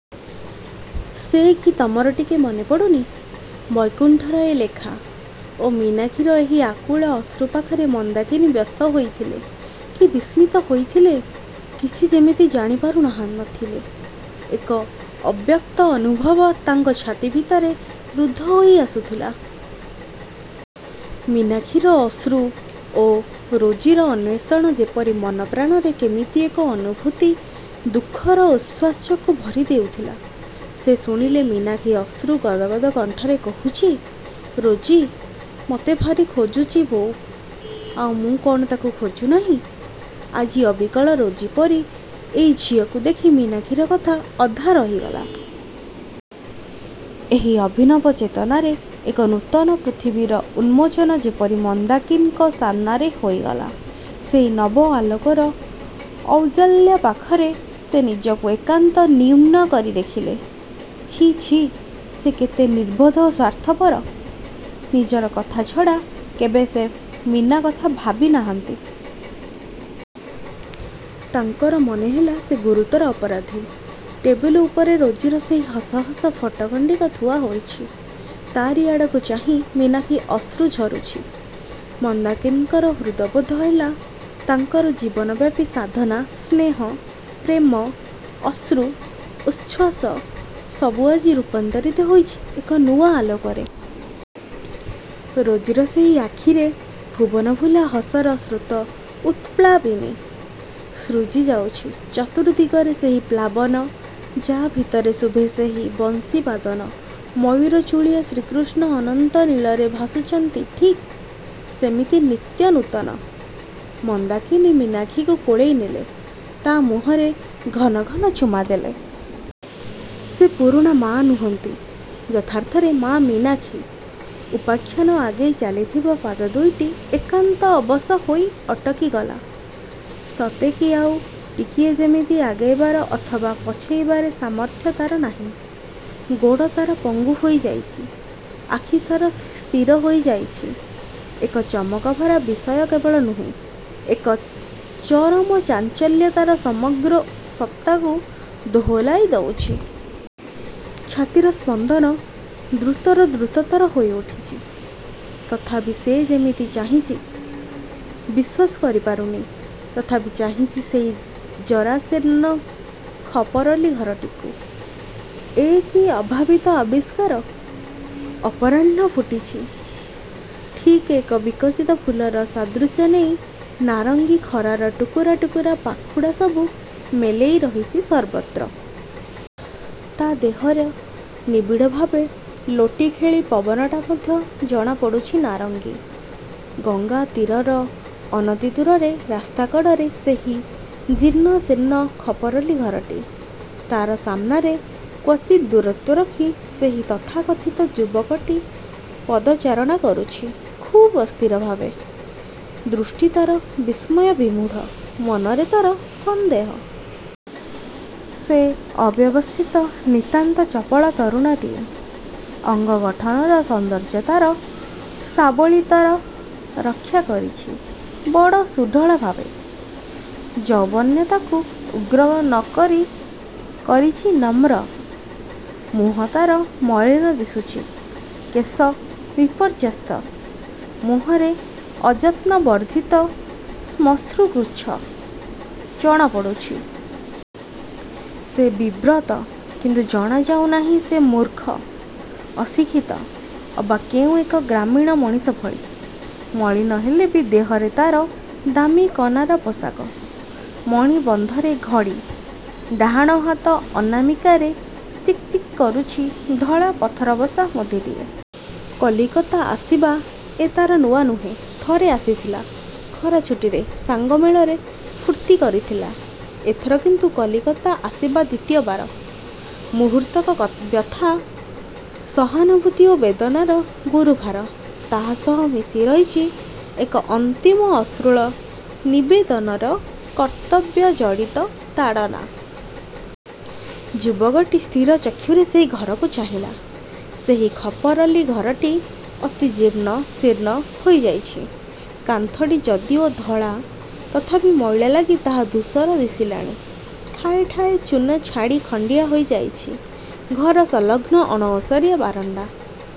ସେ କି ତମର ଟିକେ ମନେ ପଡ଼ୁନି? ବୈକୁଣ୍ଠର ଏ ଲେଖା ଓ ମୀନାକ୍ଷୀର ଏହି ଆକୁଳ ଅଶ୍ରୁ ପାଖରେ ମନ୍ଦାକିନୀ ବ୍ୟସ୍ତ ହୋଇଥିଲେ କି ବିସ୍ମିତ ହୋଇଥିଲେ କିଛି ଯେମିତି ଜାଣି ପାରୁ ନାହାଁ ନ ଥିଲେ। ଏକ ଅବ୍ୟକ୍ତ ଅନୁଭବ ତାଙ୍କ ଛାତି ଭିତରେ ରୁଦ୍ଧ ହେଇ ଆସୁଥିଲା। ମୀନାକ୍ଷୀର ଅଶ୍ରୁ ଓ ରୋଜିର ଅନ୍ୱେଷଣ ଯେପରି ମନପ୍ରାଣରେ କେମିତି ଏକ ଅନୁଭୂତି ଦୁଃଖର ଉଚ୍ଛ୍ୱାସକୁ ଭରି ଦେଉଥିଲା। ସେ ଶୁଣିଲେ, ମୀନାକ୍ଷୀ ଅଶ୍ରୁ ଗଦଗଦ କଣ୍ଠରେ କହୁଚି ରୋଜି ମତେ ଭାରୀ ଖୋଜୁଚି ବୋଉ। ଆଉ ମୁଁ କଣ ତାକୁ ଖୋଜୁନାହିଁ? ଆଜି ଅବିକଳ ରୋଜି ପରି ଏକ ଝିଅକୁ ଦେଖି ମୀନାକ୍ଷୀର କଥା ଅଧା ରହିଗଲା । ଏକ ଅଭିନବ ଚେତନାରେ ଏକ ନୂତନ ପୃଥିବୀର ଉନ୍ମୋଚନ ଯେପରି ମନ୍ଦାକିନୀଙ୍କ ସାମନାରେ ହୋଇଗଲା। ସେଇ ନବ ଆଲୋକର ଔଜ୍ଜ୍ୱଲ୍ୟ ପାଖରେ ସେ ନିଜକୁ ଏକାନ୍ତ ନ୍ୟୁନ କରି ଦେଖିଲେ, ଛିଃ ଛିଃ ସେ କେତେ ନିର୍ବୋଧ ଓ ସ୍ୱାର୍ଥପର। ନିଜର କଥା ଛଡ଼ା କେବେ ସେ ମୀନା କଥା ଭାବି ନାହାନ୍ତି। ତାଙ୍କର ମନେ ହେଲା ସେ ଗୁରୁତର ଅପରାଧୀ। ଟେବୁଲ ଉପରେ ରୋଜିର ସେହି ହସ ହସ ଫଟୋ ଖଣ୍ଡିକ ଥୁଆ ହୋଇଚି। ତାରି ଆଡ଼କୁ ଚାହିଁ ମୀନାକ୍ଷୀ ଅଶ୍ରୁ ଝରୁଛି। ମନ୍ଦାକିନୀଙ୍କର ହୃଦବୋଧ ହେଲା ତାଙ୍କର ଜୀବନବ୍ୟାପୀ ସାଧନା, ସ୍ନେହ, ପ୍ରେମ, ଅଶ୍ରୁ ଉଚ୍ଛ୍ୱାସ ସବୁ ଆଜି ରୂପାନ୍ତରିତ ହୋଇଚି ଏକ ନୂଆ ଆଲୋକରେ। ରୋଜିର ସେହି ଆଖିରେ ଭୁବନଭୁଲା ହସର ସ୍ରୋତ ଉତପ୍ଲାବିନୀ। ସୃଜି ଯାଉଚି ଚତୁର୍ଦ୍ଦିଗରେ ସେହି ପ୍ଲାବନ, ଯା ଭିତରେ ଶୁଭେ ସେହି ବଂଶୀବାଦନ, ମୟୂରଚୂଳିଆ ଶ୍ରୀକୃଷ୍ଣ ଅନନ୍ତ ନୀଳରେ ଭାସୁଚନ୍ତି ଠିକ୍ ସେମିତି, ନିତ୍ୟ ନୂତନ। ମନ୍ଦାକିନୀ ମୀନାକ୍ଷୀକୁ କୋଳେଇ ନେଲେ। ତା ମୁହଁରେ ଘନ ଘନ ଚୁମା ଦେଲେ। ସେ ପୁରୁଣା ମା ନୁହଁନ୍ତି ଯଥାର୍ଥରେ ମାଆ ମୀନାକ୍ଷୀ। ଉପାଖ୍ୟାନ ଆଗେଇ ଚାଲିଥିବା ପାଦ ଦୁଇଟି ଏକାନ୍ତ ଅବଶ ହୋଇ ଅଟକିଗଲା ସତେ କି ଆଉ ଟିକିଏ ଯେମିତି ଆଗେଇବାର ଅଥବା ପଛେଇବାରେ ସାମର୍ଥ୍ୟ ତାର ନାହିଁ। ଗୋଡ଼ ତାର ପଙ୍ଗୁ ହୋଇଯାଇଚି, ଆଖି ତାର ସ୍ଥିର ହୋଇଯାଇଚି, ଏକ ଚମକଭରା ବିସୟ କେବଳ ନୁହେଁ, ଏକ ଚରମ ଚାଞ୍ଚଲ୍ୟ ତାର ସମଗ୍ର ସତ୍ତାକୁ ଦୋହଲାଇ ଦଉଚି। ଛାତିର ସ୍ପନ୍ଦନ ଦ୍ରୁତରୁ ଦ୍ରୁତତର ହୋଇଉଠୁଚି। ତଥାପି ସେ ସେମିତି ଚାହିଁଚି। ବିଶ୍ୱାସ କରିପାରୁନି, ତଥାପି ଚାହିଁଛି ସେହି ଜରାଜୀର୍ଣ୍ଣ ଖପରଲି ଘରଟିକୁ। ଏ କି ଅଭାବିତ ଆବିଷ୍କାର, ଅପରାହ୍ନଣ ଫୁଟିଛି। ଠିକ୍ ଏକ ବିକଶିତ ଫୁଲର ସାଦୃଶ୍ୟ ନେଇ ନାରଙ୍ଗୀ ଖରାର ଟୁକୁରା ଟୁକୁରା ପାଖୁଡ଼ା ସବୁ ମେଲେଇ ରହିଚି ସର୍ବତ୍ର । ତା ଦେହର ନିବିଡ଼ ଭାବେ ଲୋଟି ଖେଳି ପବନଟା ମଧ୍ୟ ଜଣାପଡ଼ୁଛି ନାରଙ୍ଗୀ । ଗଙ୍ଗାତୀରର ଅନତିଦୂରରେ, ରାସ୍ତା କଡ଼ରେ ସେହି ଜୀର୍ଣ୍ଣଶୀର୍ଣ୍ଣ ଖପରଲି ଘରଟି। ତାର ସାମ୍ନାରେ କ୍ଵଚିତ୍ ଦୂରତ୍ୱ ରଖି ସେହି ତଥାକଥିତ ଯୁବକଟି ପଦଚାରଣା କରୁଚି ଖୁବ୍ ଅସ୍ଥିର ଭାବେ। ଦୃଷ୍ଟି ତାର ବିସ୍ମୟ ବିମୂଢ଼, ମନରେ ତାର ସନ୍ଦେହ। ସେ ଅବ୍ୟବସ୍ଥିତ ନିତାନ୍ତ ଚପଳ ତରୁଣଟିଏ। ଅଙ୍ଗ ଗଠନର ସୌନ୍ଦର୍ଯ୍ୟ ତାର ସାବଲୀଳତା ରକ୍ଷା କରିଚି ବଡ଼ ସୁଢ଼ଳଭାବେ । ଯୌବନ ତାକୁ ଉଗ୍ର ନ କରି କରିଛି ନମ୍ର । ମୁହଁ ତାର ମଳିନ ଦିଶୁଚି, କେଶ ବିପର୍ଯ୍ୟସ୍ତ। ମୁହଁରେ ଅଯତ୍ନବର୍ଦ୍ଧିତ ଶ୍ମଶ୍ରୁଗୁଚ୍ଛ। ଜଣାପଡ଼ୁଛି । ସେ ବିବ୍ରତ, କିନ୍ତୁ ଜଣାଯାଉ ନାହିଁ ସେ ମୂର୍ଖ, ଅଶିକ୍ଷିତ ଅବା କେଉଁ ଏକ ଗ୍ରାମୀଣ ମଣିଷ ଭଳି। ମଳିନ ହେଲେ ବି ଦେହରେ ତାର ଦାମି କନାର ପୋଷାକ। ମଣିବନ୍ଧରେ ଘଡ଼ି, ଡାହାଣ ହାତ ଅନାମିକାରେ ଚିକ୍ ଚିକ୍ କରୁଛି ଧଳା ପଥରବସା ମୁଦିଟିଏ। କଲିକତା ଆସିବା ଏ ତାର ନୂଆ ନୁହେଁ। ଥରେ ଆସିଥିଲା ଖରାଛୁଟିରେ ,ସାଙ୍ଗମେଳରେ ଫୁର୍ତ୍ତି କରିଥିଲା। ଏଥର କିନ୍ତୁ କଲିକତା ଆସିବା ଦ୍ଵିତୀୟ ବାର। ମୁହୂର୍ତ୍ତକର ବ୍ୟଥା, ସହାନୁଭୂତି ଓ ବେଦନାର ଗୁରୁଭାର। ତା ସହ ମିଶି ରହିଚି ଏକ ଅନ୍ତିମ ଅଶ୍ରୁଳ ନିବେଦନର କର୍ତ୍ତବ୍ୟଜଡ଼ିତ ତାଡ଼ନା। ଯୁବକଟି ସ୍ଥିରଚକ୍ଷୁରେ ସେହି ଘରକୁ ଚାହିଁଲା। ସେହି ଖପରଲି ଘରଟି ଅତିଜୀର୍ଣ୍ଣ, ଶୀର୍ଣ୍ଣ ହୋଇଯାଇଛି। କାନ୍ଥଟି ଯଦିଓ ଧଳା, ତଥାପି ମଇଳା ଲାଗି ତାହା ଧୂସର ଦିଶିଲାଣି, ଠାଏ ଠାଏ ଚୂନ ଛାଡ଼ି ଖଣ୍ଡିଆ ହୋଇ ଯାଇଚି। ଘରସଂଲଗ୍ନ ଅଣଓସାରି ବାରଣ୍ଡା।